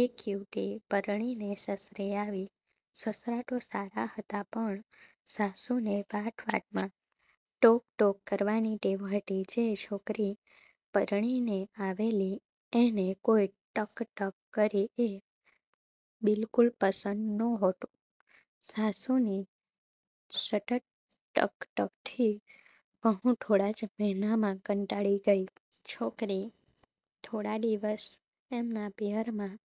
એક યુવતી પરણીને સાસરીએ આવી. સસરા તો સારા હતા પણ સાસુને વાત વાતમાં ટોક ટોક કરવાની ટેવ હતી. જે છોકરી પરણીને આવેલી એને કોઇ ટક ટક કરે એ બીલકુલ પસંદ નહોતું. સાસુની સતત ટક ટકથી વહુ થોડા જ મહીનામાં કંટાળી ગઇ. છોકરી થોડા દિવસ એમના પિયરમાં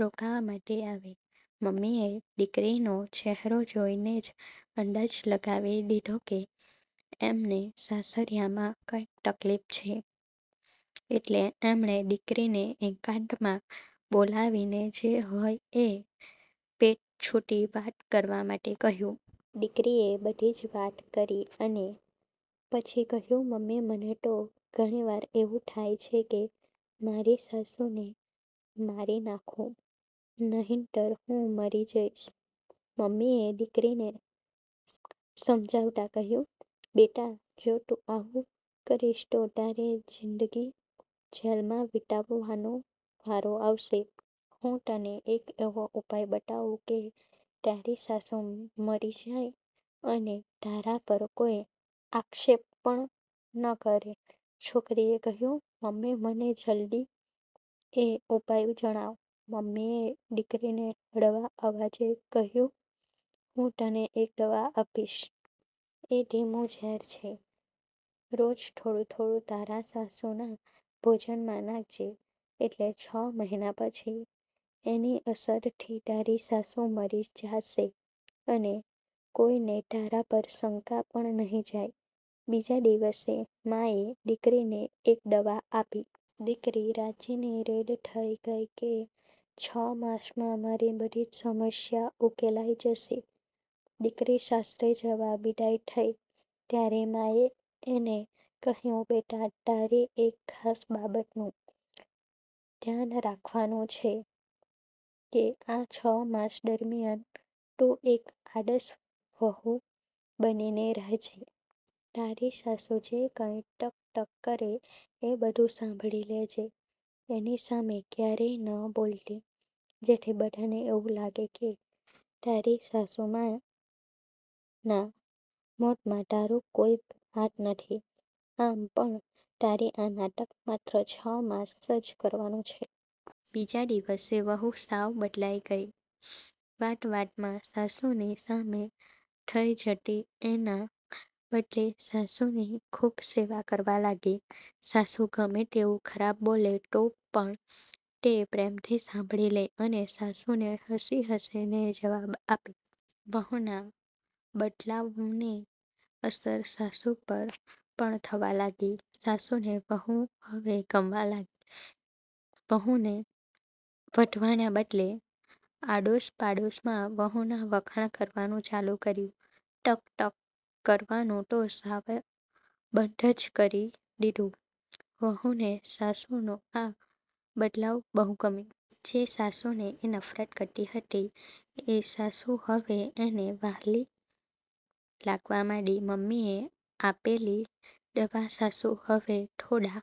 રોકાવા માટે આવી. મમ્મીએ દિકરીનો ચહેરો જોઇને જ અંદાજ લગાવી લીધો કે એમને સાસરીયામાં કંઇક તકલીફ છે એટલે એમણે દિકરીને એકાંતમાં બોલાવીને જે હોય એ પેટ છુટી વાત કરવા માટે કહ્યુ. દિકરીએ બધી જ વાત કરી અને પછી કહ્યુ, મમ્મી મને તો ઘણીવાર એવું થાય છે કે મારી સાસુને મારી નાંખુ નહીતર હું મરી જઇશ. મમ્મીએ દિકરીને સમજાવતા કહ્યુ, બેટા. જો તું આવુ કરીશ તો તારે જીંદગી જેલમાં વિતાવવનો વારો આવશે. હું તને એક એવો ઉપાય બતાવું કે તારી સાસુ મરી જાય અને તારા પર કોઇ આક્ષેપ પણ ન કરે. છોકરીએ કહ્યુ, મમ્મી મને જલદી એ ઉપાય જણાવ. મમ્મીએ દિકરીને હળવા અવાજે કહ્યુ, હું તને એક દવા આપીશ. એ ધીમુ ઝેર છે. રોજ થોડું થોડું તારા સાસુના ભોજનમાં નાંખજે એટલે છ મહીના પછી એની અસરથી તારી સાસુ મરી જાશે અને કોઇને તારા પર શંકા પણ નહી જાય. બીજા દિવસે માએ દિકરીને એક દવા આપી. દિકરી રાજીની રેડ થઇ ગઇ કે છ માસમાં મારી બધી જ સમસ્યા ઉકેલાઇ જશે. દિકરી સાસરે જવા વિદાઇ થઇ ત્યારે માએ એને કહ્યુ, બેટા, તારે એક ખાસ બાબતનું ધ્યાન રાખવાનું છે કે આ છ માસ દરમ્યાન તું એક આદર્શ વહુ બનીને રહેજે. તારી સાસુ જે કંઇ ટક ટક કરે એ બધુ સાંભળી લે જે એની સામે ક્યારેય ન બોલતી જેથી બધાને એવું લાગે કે તારી સાસુના મોતમાં તારો કોઇ હાથ નથી. આમ પણ તારે આ નાટક માત્ર છ માસ જ કરવાનું છે. બીજા દિવસથી વહુ સાવ બદલાઇ ગઇ. વાત વાતમાં સાસુની સામે થઇ જતી એના બદલે સાસુની ખુબ સેવા કરવા લાગી. સાસુ ગમે તેવુ ખરાબ બોલે તો પણ તે પ્રેમથી સાંભળી લે અને સાસુને હસી હસીને જવાબ આપે. વહુના બદલાવની અસર સાસુ પર પણ થવા લાગી. સાસુને વહુ હવે ગમવા લાગી. વહુને વઢવાને બદલે આડોશ પાડોશમાં વહુના વખાણ કરવાનું ચાલુ કર્યુ. ટક ટક કરવાનું તો સાવ બંધ જ કરી દીધુ. વહુને સાસુનો આ બદલાવ બહુ ગમ્યો. જે સાસુને એ નફરત કરતી હતી એ સાસુ હવે એને વહાલી લાગવા માંડી. મમ્મીએ આપેલી દવાથી સાસુ હવે થોડા